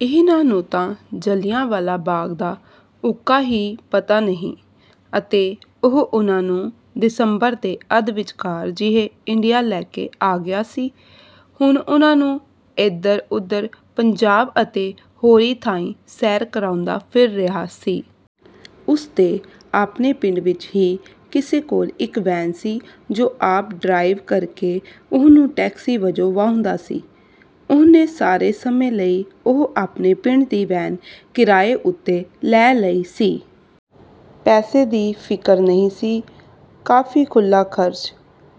ਇਹਨਾਂ ਨੂੰ ਤਾਂ ਜਲ੍ਹਿਆਂਵਾਲਾ ਬਾਗ ਦਾ ਉਕਾ ਹੀ ਪਤਾ ਨਹੀਂ। ਅਤੇ ਉਹ ਉਹਨਾਂ ਨੂੰ ਦਸੰਬਰ ਦੇ ਅੱਧ ਵਿਚਕਾਰ ਜਿਹੇ ਇੰਡੀਆ ਲੈ ਕੇ ਆ ਗਿਆ ਸੀ। ਹੁਣ ਉਹਨਾਂ ਨੂੰ ਏਧਰ-ਉਧਰ ਪੰਜਾਬ ਅਤੇ ਹੋਰੀ ਥਾਂਈਂ ਸੈਰ ਕਰਾਉਂਦਾ ਫਿਰ ਰਿਹਾ ਸੀ। ਉਸ ਦੇ ਆਪਣੇ ਪਿੰਡ ਵਿਚ ਹੀ ਕਿਸੇ ਕੋਲ ਇਕ ਵੈਨ ਸੀ ਜੋ ਆਪ ਡਰਾਈਵ ਕਰ ਕੇ ਉਹਨੂੰ ਟੈਕਸੀ ਵਜੋਂ ਵਾਹੁੰਦਾ ਸੀ। ਉਹਨੇ, ਸਾਰੇ ਸਮੇਂ ਲਈ ਉਹ ਆਪਣੇ ਪਿੰਡ ਦੀ ਵੈਨ ਕਿਰਾਏ ਉਤੇ ਲੈ ਲਈ ਸੀ। ਪੈਸੇ ਦੀ ਫਿਕਰ ਨਹੀਂ ਸੀ। ਕਾਫੀ ਖੁੱਲ੍ਹਾ ਖਰਚ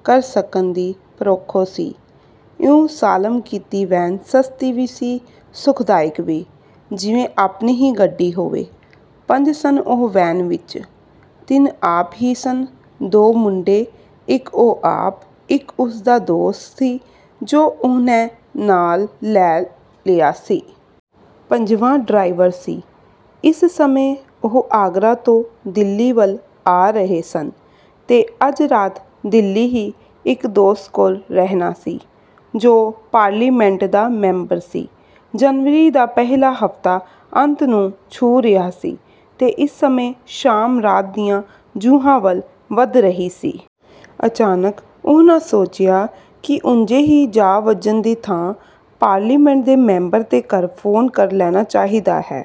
ਕਰ ਸਕਣ ਦੀ ਪਰੋਖੋਂ ਸੀ। ਇਉਂ ਸਾਲਮ ਕੀਤੀ ਵੈਨ ਸਸਤੀ ਵੀ ਸੀ, ਸੁਖਦਾਇਕ ਵੀ, ਜਿਵੇਂ ਆਪਣੀ ਹੀ ਗੱਡੀ ਹੋਵੇ। ਪੰਜ ਸਨ ਉਹ ਵੈਨ ਵਿਚ। ਤਿੰਨ ਆਪ ਹੀ ਸਨ-ਦੋ ਮੁੰਡੇ ਇਕ ਉਹ ਆਪ-ਇਕ ਉਸ ਦਾ ਦੋਸਤ ਸੀ ਜੋ ਉਹਨੈ ਨਾਲ ਲੈ ਲਿਆ ਸੀ। ਪੰਜਵਾਂ ਡਰਾਈਵਰ ਸੀ। ਇਸ ਸਮੇਂ ਉਹ ਆਗਰਾ ਤੋਂ ਦਿੱਲੀ ਵੱਲ ਆ ਰਹੇ ਸਨ ਤੇ ਅੱਜ ਰਾਤ ਦਿੱਲੀ ਹੀ ਇਕ ਦੋਸਤ ਕੋਲ ਰਹਿਣਾ ਸੀ ਜੋ ਪਾਰਲੀਮੈਂਟ ਦਾ ਮੈਂਬਰ ਸੀ। ਜਨਵਰੀ ਦਾ ਪਹਿਲਾ ਹਫਤਾ ਅੰਤ ਨੂੰ ਛੂਹ ਰਿਹਾ ਸੀ ਤੇ ਇਸ ਸਮੇਂ ਸ਼ਾਮ ਰਾਤ ਦੀਆਂ ਜੂਹਾਂ ਵੱਲ ਵੱਧ ਰਹੀ ਸੀ। ਅਚਾਨਕ ਉਹਨਾਂ ਸੋਚਿਆ ਕਿ ਉਂਜੇ ਹੀ ਜਾ ਵੱਜਣ ਦੀ ਥਾਂ ਪਾਰਲੀਮੈਂਟ ਦੇ ਮੈਂਬਰ ਦੇ ਘਰ ਫੋਨ ਕਰ ਲੈਣਾ ਚਾਹੀਦਾ ਹੈ।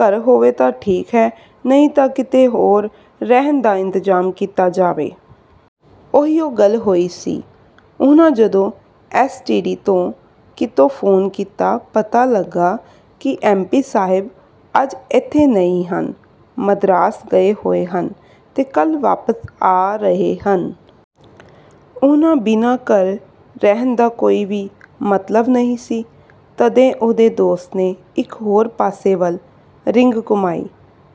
ਘਰ ਹੋਵੇ ਤਾਂ ਠੀਕ ਹੈ, ਨਹੀਂ ਤਾਂ ਕਿਤੇ ਹੋਰ ਰਹਿਣ ਦਾ ਇੰਤਜ਼ਾਮ ਕੀਤਾ ਜਾਵੇ। ਉਹੀਓ ਗੱਲ ਹੋਈ ਸੀ। ਉਹਨਾਂ ਜਦੋਂ ਐਸ. ਟੀ. ਡੀ. ਤੋਂ ਕਿਤੋਂ ਫੋਨ ਕੀਤਾ ਪਤਾ ਲੱਗਾ ਕਿ ਐਮ. ਪੀ. ਸਾਹਿਬ ਅੱਜ ਏਥੇ ਨਹੀਂ ਹਨ, ਮਦਰਾਸ ਗਏ ਹੋਏ ਹਨ ਤੇ ਕੱਲ੍ਹ ਵਾਪਸ ਆ ਰਹੇ ਹਨ। ਉਹਨਾਂ ਬਿਨਾਂ ਘਰ ਰਹਿਣ ਦਾ ਕੋਈ ਵੀ ਮਤਲਬ ਨਹੀਂ ਸੀ। ਤਦੇ ਉਹਦੇ ਦੋਸਤ ਨੇ ਇਕ ਹੋਰ ਪਾਸੇ ਵੱਲ ਰਿੰਗ ਘੁਮਾਈ।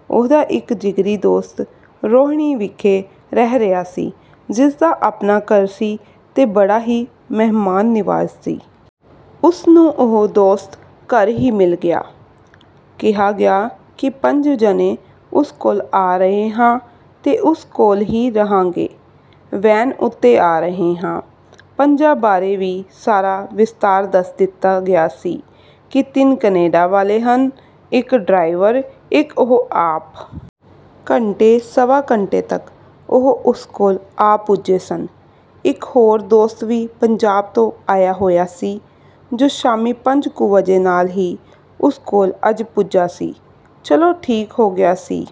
ਉਹਦਾ ਇਕ ਜਿਗਰੀ ਦੋਸਤ ਰੋਹਿਨੀ ਵਿਖੇ ਰਹਿ ਰਿਹਾ ਸੀ। ਜਿਸ ਦਾ ਆਪਣਾ ਘਰ ਸੀ ਤੇ ਬੜਾ ਹੀ ਮਹਿਮਾਨ ਨਿਵਾਜ਼ ਸੀ। ਉਸ ਨੂੰ ਉਹ ਦੋਸਤ ਘਰ ਹੀ ਮਿਲ ਗਿਆ। ਕਿਹਾ ਗਿਆ ਕਿ ਪੰਜ ਜਣੇ ਉਸ ਕੋਲ ਆ ਰਹੇ ਹਾਂ ਤੇ ਉਸ ਕੋਲ ਹੀ ਰਹਾਂਗੇ। ਵੈਨ ਉਤੇ ਆ ਰਹੇ ਹਾਂ। ਪੰਜਾਂ ਬਾਰੇ ਵੀ ਸਾਰਾ ਵਿਸਤਾਰ ਦੱਸ ਦਿੱਤਾ ਗਿਆ ਸੀ ਕਿ ਤਿੰਨ ਕੈਨੇਡਾ ਵਾਲੇ ਹਨ, ਇਕ ਡਰਾਈਵਰ, ਇਕ ਉਹ ਆਪ। ਘੰਟੇ-ਸਵਾ ਘੰਟੇ ਤੱਕ ਉਹ ਉਸ ਕੋਲ ਆ ਪੁੱਜੇ ਸਨ। ਇਕ ਹੋਰ ਦੋਸਤ ਵੀ ਪੰਜਾਬ ਤੋਂ ਆਇਆ ਹੋਇਆ ਸੀ ਜੋ ਸ਼ਾਮੀ ਪੰਜ ਕੁ ਵਜੇ ਨਾਲ ਹੀ ਉਸ ਕੋਲ ਅੱਜ ਪੁੱਜਾ ਸੀ। ਚਲੋ, ਠੀਕ ਹੋ ਗਿਆ ਸੀ।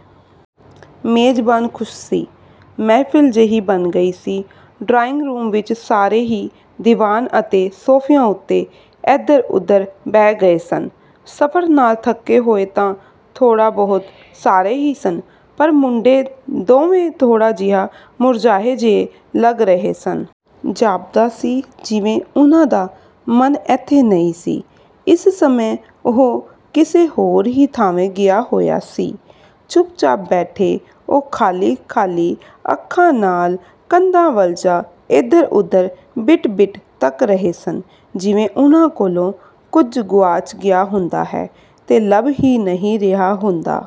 ਮੇਜ਼ਬਾਨ ਖੁਸ਼ ਸੀ। ਮਹਿਫਲ ਜਿਹੀ ਬਣ ਗਈ ਸੀ। ਡਰਾਇੰਗ ਰੂਮ ਵਿਚ ਸਾਰੇ ਹੀ ਦੀਵਾਨ ਅਤੇ ਸੋਫ਼ਿਆਂ ਉਤੇ ਏਧਰ ਉਧਰ ਬਹਿ ਗਏ ਸਨ। ਸਫਰ ਨਾਲ ਥੱਕੇ ਹੋਏ ਤਾਂ ਥੋੜ੍ਹਾ ਬਹੁਤ ਸਾਰੇ ਹੀ ਸਨ ਪਰ ਮੁੰਡੇ ਦੋਵੇਂ ਥੋੜ੍ਹਾ ਜਿਹਾ ਮੁਰਝਾਏ ਜਿਹੇ ਲੱਗ ਰਹੇ ਸਨ। ਜਾਪਦਾ ਸੀ ਜਿਵੇਂ ਉਹਨਾਂ ਦਾ ਮਨ ਏਥੇ ਨਹੀਂ ਸੀ, ਇਸ ਸਮੇਂ ਉਹ ਕਿਸੇ ਹੋਰ ਹੀ ਥਾਂਵੇਂ ਗਿਆ ਹੋਇਆ ਸੀ। ਚੁੱਪ ਚਾਪ ਬੈਠੇ ਉਹ ਖਾਲੀ-ਖਾਲੀ ਅੱਖਾਂ ਨਾਲ ਕੰਧਾਂ ਵਲ ਜਾਂ ਏਧਰ ਉਧਰ ਬਿੱਟ ਬਿੱਟ ਤੱਕ ਰਹੇ ਸਨ ਜਿਵੇਂ ਉਹਨਾਂ ਕੋਲੋਂ ਕੁਝ ਗੁਆਚ ਗਿਆ ਹੁੰਦਾ ਹੈ ਤੇ ਲੱਭ ਹੀ ਨਹੀਂ ਰਿਹਾ ਹੁੰਦਾ।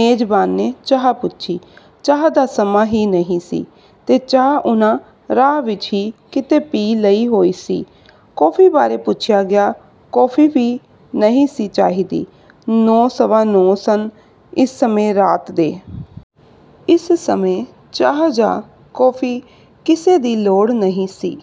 ਮੇਜ਼ਬਾਨ ਨੇ ਚਾਹ ਪੁੱਛੀ। ਚਾਹ ਦਾ ਸਮਾਂ ਹੀ ਨਹੀਂ ਸੀ ਤੇ ਚਾਹ ਉਹਨਾਂ ਰਾਹ ਵਿਚ ਹੀ ਕਿਤੇ ਪੀ ਲਈ ਹੋਈ ਸੀ। ਕੋਫ਼ੀ ਬਾਰੇ ਪੁੱਛਿਆ ਗਿਆ। ਕੋਫ਼ੀ ਵੀ ਨਹੀਂ ਸੀ ਚਾਹੀਦੀ। ਨੌ-ਸਵਾ ਨੌ ਸਨ ਇਸ ਸਮੇਂ ਰਾਤ ਦੇ। ਇਸ ਸਮੇਂ ਚਾਹ ਜਾਂ ਕੌਫ਼ੀ ਕਿਸੇ ਦੀ ਲੋੜ ਨਹੀਂ ਸੀ।